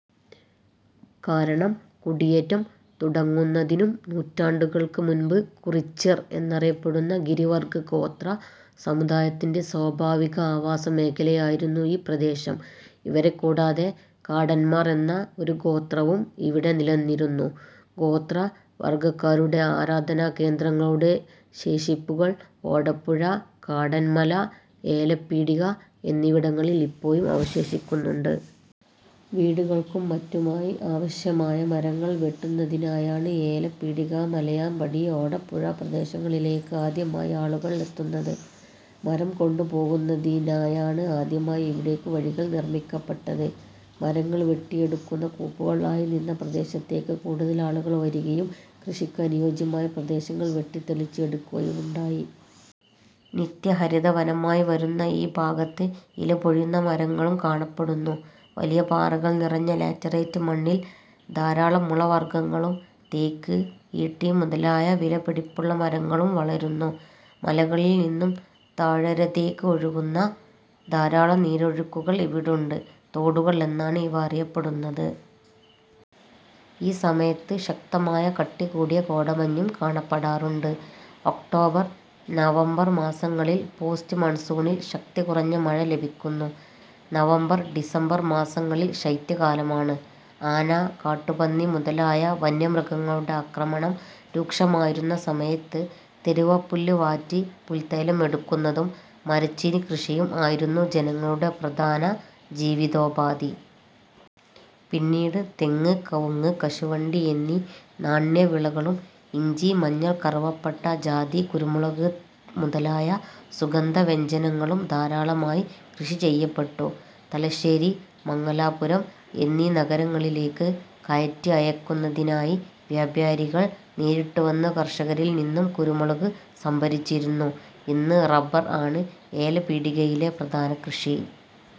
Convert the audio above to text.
കാരണം കുടിയേറ്റം തുടങ്ങുന്നതിനും നൂറ്റാണ്ടുകൾക്ക് മുൻപ് കുറിച്യർ എന്നറിയപ്പെടുന്ന ഗിരി വർഗ്ഗ ഗോത്ര സമുദായത്തിന്റെ സ്വാഭാവിക ആവാസ മേഖലയായിരുന്നു ഈ പ്രദേശം. ഇവരെ കൂടാതെ കാടന്മാർ എന്ന ഒരു ഗോത്രവും ഇവിടെ നിലനിന്നിരുന്നു. ഗോത്ര വർഗ്ഗക്കാരുടെ ആരാധന കേന്ദ്രങ്ങളുടെ ശേഷിപ്പുകൾ ഓടപ്പുഴ, കാടന്മല, ഏലപ്പീടിക എന്നിവിടങ്ങളിൽ ഇപ്പോഴും അവശേഷിക്കുന്നുണ്ട്. വീടുകൾക്കും മറ്റുമായി ആവശ്യമായ മരങ്ങൾ വെട്ടുന്നതിനായാണ് ഏലപീടിക, മലയാംപടി, ഓടപ്പുഴ പ്രദേശങ്ങളിലേക്ക് ആദ്യമായി ആളുകൾ എത്തുന്നത്. മരം കൊണ്ട് പോകുന്നതിനായാണ് ആദ്യമായി ഇവിടേക്ക് വഴികൾ നിർമ്മിക്കപെട്ടത്. മരങ്ങൾ വെട്ടിയെടുക്കുന്ന കൂപ്പുകൾ ആയി നിന്ന പ്രദേശത്തേക്ക് കൂടുതൽ ആളുകൾ വരികയും കൃഷിക്ക് അനുയോജ്യമായ പ്രദേശങ്ങൾ വെട്ടിത്തെളിച്ച് എടുക്കുകയുമുണ്ടായി. നിത്യ ഹരിത വനമായി വരുന്ന ഈ ഭാഗത്ത് ഇലപൊഴിയുന്ന മരങ്ങളും കാണപ്പെടുന്നു, വലിയ പാറകൾ നിറഞ്ഞ ലാറ്ററൈറ്റ് മണ്ണിൽ ധാരാളം മുള വർഗ്ഗങ്ങളും തേക്ക്, ഈട്ടി മുതലായ വിലപിടിപ്പുള്ള മരങ്ങളും വളരുന്നു. മലകളിൽ നിന്നും താഴ്വാരതേക്ക് ഒഴുകുന്ന ധാരാളം നീരൊഴുക്കുകൾ ഇവിടുണ്ട്, തോടുകൾ എന്നാണ് ഇവ അറിയപ്പെടുന്നത്. ഈ സമയത്ത് ശക്തമായ കട്ടികൂടിയ കോടമഞ്ഞും കാണപ്പെടാറുണ്ട്. ഒക്ടോബർ നവംബർ മാസങ്ങളിൽ പോസ്റ്റ് മൺസൂണിൽ ശക്തി കുറഞ്ഞ മഴ ലഭിക്കുന്നു. നവംബർ ഡിസംബർ മാസങ്ങളിൽ ശൈത്യ കാലമാണ്. ആന, കാട്ടുപന്നി മുതലായ വന്യമൃഗങ്ങളുടെ ആക്രമണം രൂക്ഷമായിരുന്ന സമയത്ത് തെരുവപ്പുല്ല് വാറ്റി പുൽത്തൈലം എടുക്കുന്നതും മരച്ചീനിക്കൃഷിയും ആയിരുന്നു ജനങ്ങളുടെ പ്രധാന ജീവിതോപാധി. പിന്നീട് തെങ്ങ്, കവുങ്ങ്, കശുവണ്ടി എന്നീ നാണ്യ വിളകളും ഇഞ്ചി, മഞ്ഞൾ, കറുവപ്പട്ട, ജാതി, കുരുമുളക് മുതലായ സുഗന്ധ വ്യഞ്ജനങ്ങളും ധാരാളമായി കൃഷി ചെയ്യപ്പെട്ടു. തലശ്ശേരി, മംഗലാപുരം എന്നീ നഗരങ്ങളിലേക്ക് കയറ്റി അയക്കുന്നതിനായി വ്യാപാരികൾ നേരിട്ട് വന്നു കർഷകരിൽ നിന്നും കുരുമുളക് സംഭരിച്ചിരുന്നു. ഇന്ന് റബ്ബർ ആണ് ഏലപീടികയിലെ പ്രധാന കൃഷി.